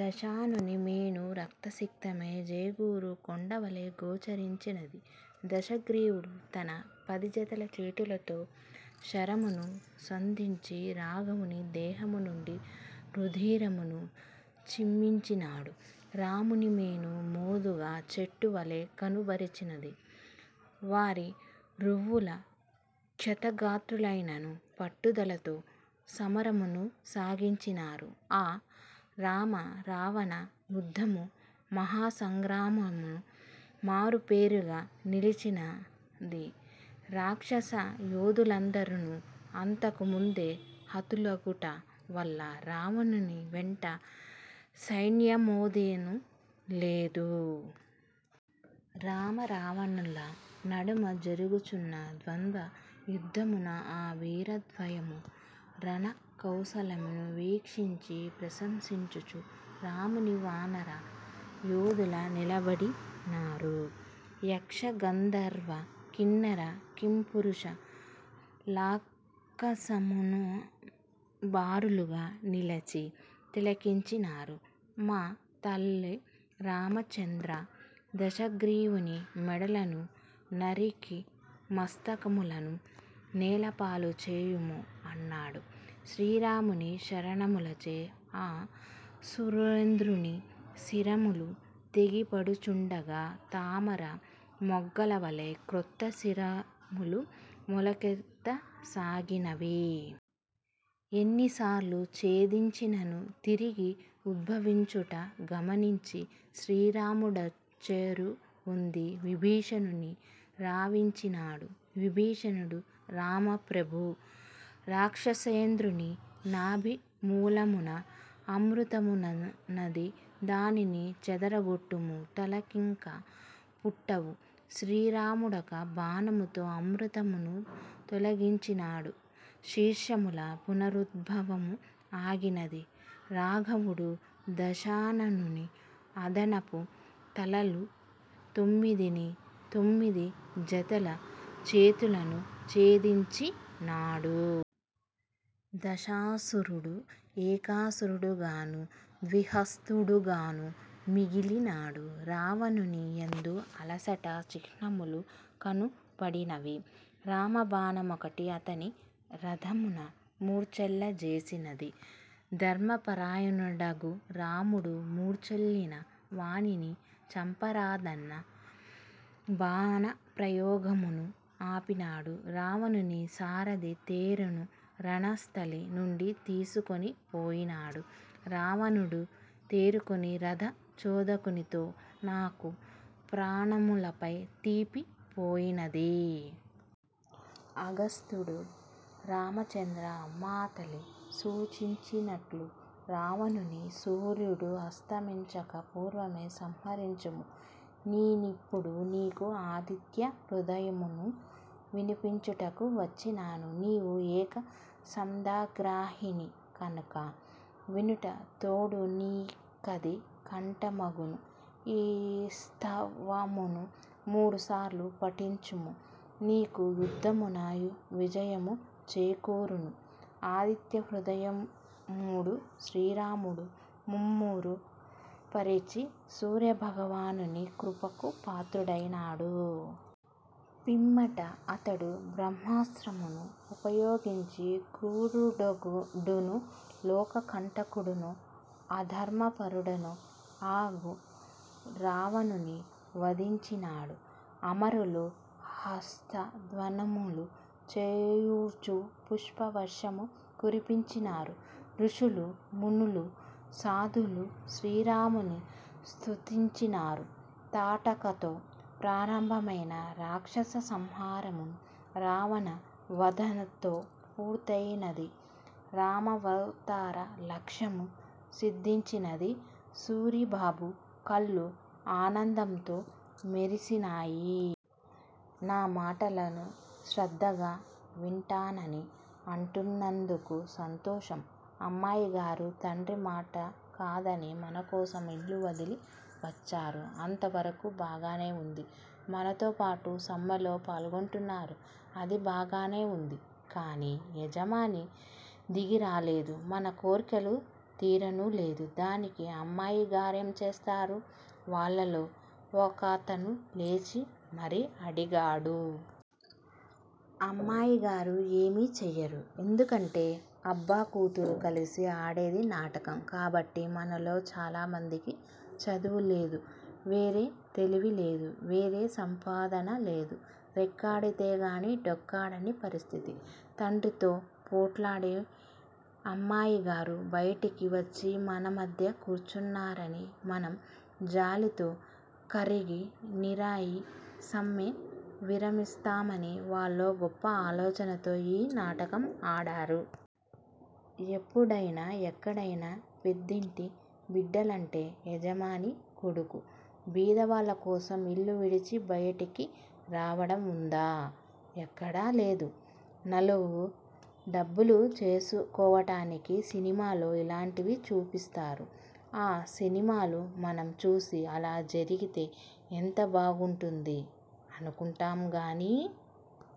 దశాననుని మేను రక్తసిక్తమై జేగురు కొండవలె గోచరించినది. దశగ్రీవుడు తన పది జతల చేతులతో శరములను సంధించి రాఘవుని దేహము నుండి రుధిరమును చిమ్మించినాడు. రాముని మేను మోదుగచెట్టు వలె కనుపరిచినది. వారిరువురు క్షతగాత్రులైనను పట్టుదలతో సమరమును సాగించినారు. ఆ రామ రావణ యుద్ధము మహాసంగ్రామములకు మారుపేరుగా నిలిచినది రాక్షస యోధులందరును, అంతకుముందె హతులగుట వలన రావణుని వెంట సైన్యమేదియును లేదు. రామ రావణుల నడుమ జరుగుచున్న ద్వంద యుద్ధమున ఆ వీరద్వయము రణకౌశలమును వీక్షించి ప్రశంసించుచు రాముని వానర యోధులు నిలబడినారు. యక్ష గంధర్వ కిన్నర కింపురుషు లాకసమున బారులుగ నిలిచి తిలకించినారు. మాతలి రామచంద్రా దశగ్రీవుని మెడలను నఱికి మస్తకములను నేలపాలు చేయుము అన్నాడు. శ్రీరాముని శరములచే అసురేంద్రుని శిరములు తెగిపడుచుండగా తామర మొగ్గల వలె క్రొత్త శీర్షములు మొలకెత్తసాగినవి! ఎన్నిసార్లు ఛేదించినను తిరిగి ఉద్భవించుట గమనించి శ్రీరాముడచ్చెరువొంది విభీషణుని రావించినాడు. విభీషణుడు రామప్రభూ రాక్షసేంద్రుని నాభి మూలమున అమృతమున్నది. దానిని చెదరగొట్టుము తలలింక పుట్టవు. శ్రీరాముడొక బాణముతో అమృతమును తొలగించినాడు. శీర్షముల పునరుద్భవము ఆగినది. రాఘవుడు దశాననుని అదనపు తలలు తొమ్మిదినీ, తొమ్మిది జతల చేతులనూ ఛేదించినాడు. దశ శిరుడు ఏకశిరుడుగను ద్విహస్తుడుగను మిగిలినాడు. రావణుని యందు అలసట చిహ్నములు కనుపడినవి. రామ బాణమొకటి అతని రథమున మూర్చిల్ల జేసినది. ధర్మపరాయణుడగు రాముడు మూర్చిల్లిన వానిని చంపరాదని బాణ ప్రయోగమును ఆపినాడు. రావణుని సారథి తేరును రణస్థలి నుండి తీసికొని పోయినాడు. రావణుడు తేరుకొని రథ చోదకునితో నకు ప్రానములపై తీపి పోయినది. అగస్త్యుడు: రామచంద్రా మాతలి సూచించినట్లు రావణుని సూర్యుడు అస్తమించక పూర్వమే సంహరించుము నేనిప్పుడు నీకు 'ఆదిత్య హృదయము'ను వినిపించుటకు వచ్చినాను. నీవు ఏకసంథాగ్రాహిని కనుక వినుట తోడనె నీకది కంఠమగును. ఈ స్తవమును మూడుసార్లు పఠించుము. నీకు యుద్ధమున విజయము చేకూరును. ఆదిత్య హృదయముణు శ్రీరాముడు ముమ్మాఱు పఠించి సూర్యభగవానుని కృపకు పాత్రుడైనాడు. పిమ్మట అతడు బ్రహ్మాస్త్రమును ప్రయోగించి క్రూరుడుణు లోకకంటకుడును అధర్మపరుడును అగు రావణుని వధించినాడు. అమరులు హర్షధ్వానములు చేయుచు పుష్పవర్షము కురిపించినారు. ఋషులూ, మునులూ, సాధువులూ శ్రీరాముని స్తుతించినారు. తాటకతో ప్రారంభమైన రాక్షస సంహారము రావణ వధతో పూర్తియైనది. రామావతార లక్ష్యము సిద్ధించినది. సూరిబాబు కళ్ళు ఆనందంతో మెరినాయి. నా మాటలు శ్రద్ధగా వింటానని అంటున్నందుకు సంతోషం. అమ్మాయిగారు తండ్రిమాట కాదని మనకోసం ఇల్లు వదలి వచ్చారు అంతవరకు బాగానే వుంది. మనతోపాటు సమ్మెలో పాల్గొంటున్నారు అదీ బాగానే వుంది. కాని యజమాని దిగిరాలేదు మన కోర్కెలు తీరనూలేదు దానికి అమ్మాయిగారేం చేస్తారు? వాళ్ళల్లో ఒకతను లేచి మరీ అడిగాడు. అమ్మాయిగారు ఏమీ చేయరు. ఎందుకంటే అబ్బ కూతురు కలిసి ఆడేది నాటకం కాబట్టి మనలో చాలా మందికి చదువులేదు. వేరే తెలివిలేదు. వేరే సంపాదన లేదు. రెక్కాడితేగాని డొక్కాడని పరిస్థితి తండ్రితో పోట్లాడి అమ్మాయిగారు బయటికి వచ్చి మనమధ్య కూర్చున్నారని మనం జాలితో కరిగి నీరయి సమ్మె విరమిస్తామని వాళ్ళో గొప్ప ఆలోచనతో ఈ నాటకం ఆడారు. ఎప్పుడయినా ఎక్కడయినా పెద్దింటి బిడ్డలంటే యజమాని కొడుకు బీదవాళ్ళకోసం ఇల్లు విడిచి బయటికి రావటం వుందా! ఎక్కడా లేదు. నాలుగు డబ్బులు చేసుకోటానికి సినిమాల్లో ఇలాంటివి చూపిస్తారు. ఆ సినిమాలు మనం చూసి అలా జరిగితే ఎంత బాగుంటుంది! అనుకుంటాం గాని